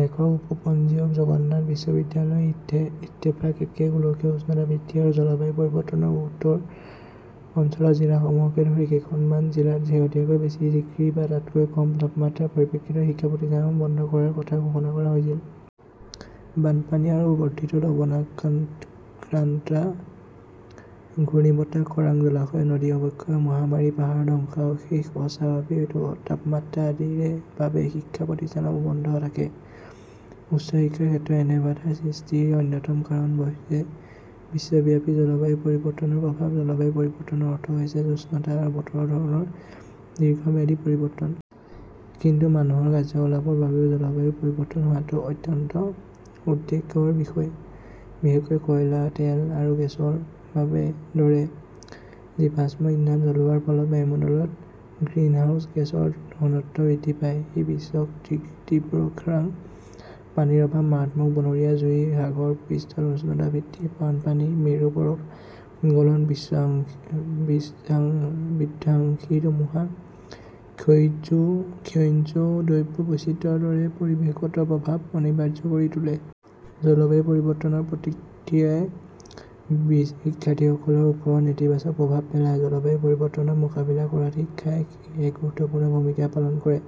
লেখকঃ উপ-পঞ্জীয়ক, জগন্নাথ বিশ্ববিদ্যালয়। ইত্তেফাক কেকে। গোলকীয় উষ্ণতা বৃদ্ধি আৰু জলবায়ু পৰিৱৰ্তন। উত্তৰ অঞ্চলৰ জিলাসমূহকে ধৰি কেইখনমান জিলাত শেহতীয়াকৈ বেছি ডিগ্ৰী বা তাতকৈ কম তাপমাত্ৰাৰ পৰিপ্ৰেক্ষিতত শিক্ষা প্ৰতিষ্ঠানসমূহ বন্ধ কৰাৰ কথা ঘোষণা কৰা হৈছিল। বানপানী আৰু বৰ্ধিত লবণাক্লান্তা ঘূৰ্ণীবতাহ, খৰাং, জলাশয়, নদী অৱক্ষয়, মহামাৰী, পাহাৰৰ ধ্বংসাৱশেষ, অস্বাভাৱিক তাপমাত্ৰা আদিৰ বাবে শিক্ষা প্ৰতিষ্ঠানসমূহ বন্ধ থাকে। উচ্চশিক্ষাৰ ক্ষেত্ৰত এনে বাধাৰ সৃষ্টিৰ অন্যতম কাৰণ হৈছে বিশ্বব্যাপী জলবায়ু পৰিৱৰ্তনৰ প্ৰভাৱ। জলবায়ু পৰিৱৰ্তনৰ অৰ্থ হৈছে উষ্ণতা আৰু বতৰৰ ধৰণৰ দীৰ্ঘম্যাদী পৰিৱৰ্তন। কিন্তু মানুহৰ কাৰ্যকলাপৰ বাবেও জলবায়ুৰ পৰিৱৰ্তন হোৱাটো অত্যন্ত উদ্বেগৰ বিষয়। বিশেষকৈ কয়লা, তেল আৰু গেছৰ দৰে জীৱাশ্ম ইন্ধন জ্বলোৱাৰ ফলত বায়ুমণ্ডলত গ্ৰিনহাউজ গেছৰ ঘনত্ব বৃদ্ধি পায়। ই বিশ্বক তীব্ৰ খৰাং, পানীৰ অভাৱ, মাৰাত্মক বনৰীয়া জুই, সাগৰ পৃষ্ঠৰ উচ্চতা বৃদ্ধি, বানপানী, মেৰু বৰফ গলন, বিধ্বংসী ধুমুহা আৰু ক্ষয়িষ্ণু জৈৱ বৈচিত্ৰ্যৰ দৰে পৰিৱেশগত প্ৰভাৱ অনিবাৰ্য কৰি তোলে। জলবায়ু পৰিৱৰ্তনৰ প্ৰতিক্ৰিয়াই শিক্ষাৰ্থীসকলৰ ওপৰত নেতিবাচক প্ৰভাৱ পেলায়। জলবায়ু পৰিৱৰ্তনৰ মোকাবিলা কৰাত শিক্ষাই এক গুৰুত্বপূৰ্ণ ভূমিকা পালন কৰে।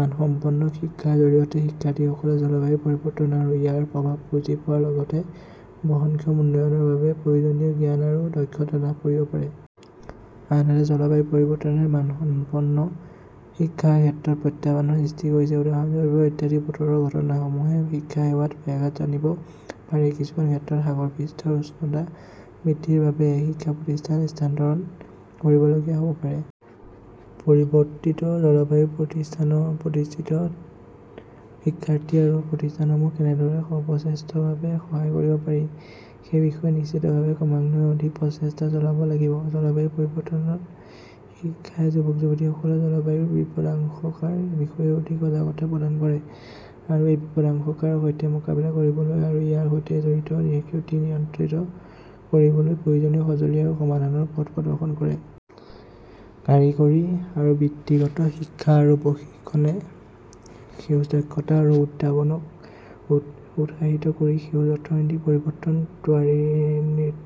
মানসম্পন্ন শিক্ষাৰ জৰিয়তে শিক্ষাৰ্থীসকলে জলবায়ু পৰিৱৰ্তন আৰু ইয়াৰ প্ৰভাৱ বুজি পোৱাৰ লগতে বহনক্ষম উন্নয়নৰ বাবে প্ৰয়োজনীয় জ্ঞান আৰু দক্ষতা লাভ কৰিব পাৰে। আনহাতে, জলবায়ু পৰিৱৰ্তনে মানসম্পন্ন শিক্ষাৰ ক্ষেত্ৰত প্ৰত্যাহ্বানৰ সৃষ্টি কৰিছে। উদাহৰণস্বৰূপে, অত্যাধিক বতৰৰ ঘটনাসমূহে শিক্ষা সেৱাত ব্যাঘাত আনিব পাৰে আৰু কিছুমান ক্ষেত্ৰত সাগৰ পৃষ্ঠৰ উচ্চতা বৃদ্ধিৰ বাবে শিক্ষা প্ৰতিষ্ঠান স্থানান্তৰ কৰিব লগীয়া হ'ব পাৰে। পৰিৱৰ্তিত জলবায়ুৰ প্ৰতিস্থিতত শিক্ষাৰ্থী আৰু প্ৰতিষ্ঠানসমূহ কেনেদৰে সৰ্বশ্ৰেষ্ঠভাৱে সহায় কৰিব পাৰি, সেই বিষয়ে নিশ্চিতভাৱে ক্ৰমান্বয়ে অধিক প্ৰচেষ্টা চলাব লাগিব। জলবায়ু পৰিৱৰ্তনৰ শিক্ষাই যুৱক-যুৱতীসকলক জলবায়ুৰ বিপদাশংকাৰ বিষয়ে অধিক সজাগতা প্ৰদান কৰে আৰু এই বিপদাশংকাৰ সৈতে মোকাবিলা কৰিবলৈ আৰু ইয়াৰ সৈতে জড়িত ক্ষতি নিয়ন্ত্ৰিত কৰিবলৈ প্ৰয়োজনীয় সঁজুলি আৰু সমাধানৰ পথ প্ৰদৰ্শন কৰে। কাৰিকৰী আৰু বৃত্তিগত শিক্ষা আৰু প্ৰশিক্ষণে সেউজ দক্ষতা আৰু উদ্ভাৱনক উৎসাহিত কৰি সেউজ অৰ্থনৈতিক পৰিৱৰ্তন তৰান্বিত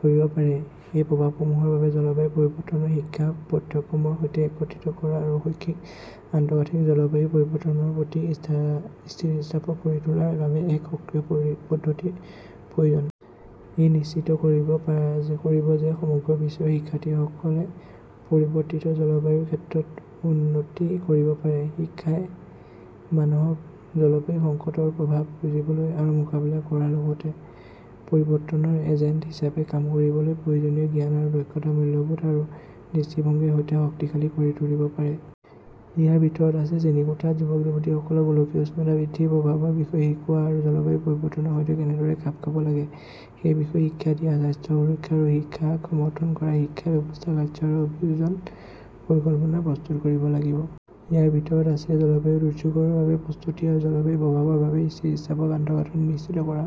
কৰিব পাৰে। এই প্ৰভাৱসমূহৰ বাবে জলবায়ু পৰিৱৰ্তনৰ শিক্ষাক পঠ্যক্ৰমৰ সৈতে একত্ৰিত কৰা আৰু শৈক্ষিক আন্তঃগাঁথনিক জলবায়ু পৰিৱৰ্তনৰ প্ৰতি স্থিতিস্থাপক কৰি তোলাৰ বাবে এক সক্ৰিয় পদ্ধতিৰ প্ৰয়োজন। ই নিশ্চিত কৰিব যে সমগ্ৰ বিশ্বৰ শিক্ষাৰ্থীসকলে পৰিৱৰ্তিত জলবায়ুৰ ক্ষেত্ৰত উন্নতি কৰিব পাৰে। শিক্ষাই মানুহক জলবায়ু সংকটৰ প্ৰভাৱ বুজিবলৈ আৰু মোকাবিলা কৰাৰ লগতে পৰিৱৰ্তনৰ এজেণ্ট হিচাপে কাম কৰিবলৈ প্ৰয়োজনীয় জ্ঞান, দক্ষতা, মূল্যবোধ আৰু দৃষ্টিভংগীৰ সৈতে শক্তিশালী কৰি তুলিব পাৰে। ইয়াৰ ভিতৰত আছে শ্ৰেণীকোঠাত যুৱক-যুৱতীসকলক গোলকীয় উষ্ণতা বৃদ্ধিৰ প্ৰভাৱৰ বিষয়ে শিকোৱা আৰু জলবায়ু পৰিৱৰ্তনৰ সৈতে কেনেদৰে খাপ খাব লাগে, সেই বিষয়ে শিক্ষা দিয়া। স্বাস্থ্য, সুৰক্ষা আৰু শিক্ষাক সমৰ্থন কৰা, শিক্ষা ব্যৱস্থাৰ কাৰ্য আৰু অভিযোজন পৰিকল্পনা প্ৰস্তুত কৰিব লাগিব। ইয়াৰ ভিতৰত আছে জলবায়ু দুৰ্যোগৰ বাবে প্ৰস্তুতি আৰু জলবায়ু প্ৰভাৱৰ বাবে স্থিতিস্থাপক আন্তঃগাঁথনি নিশ্চিত কৰা।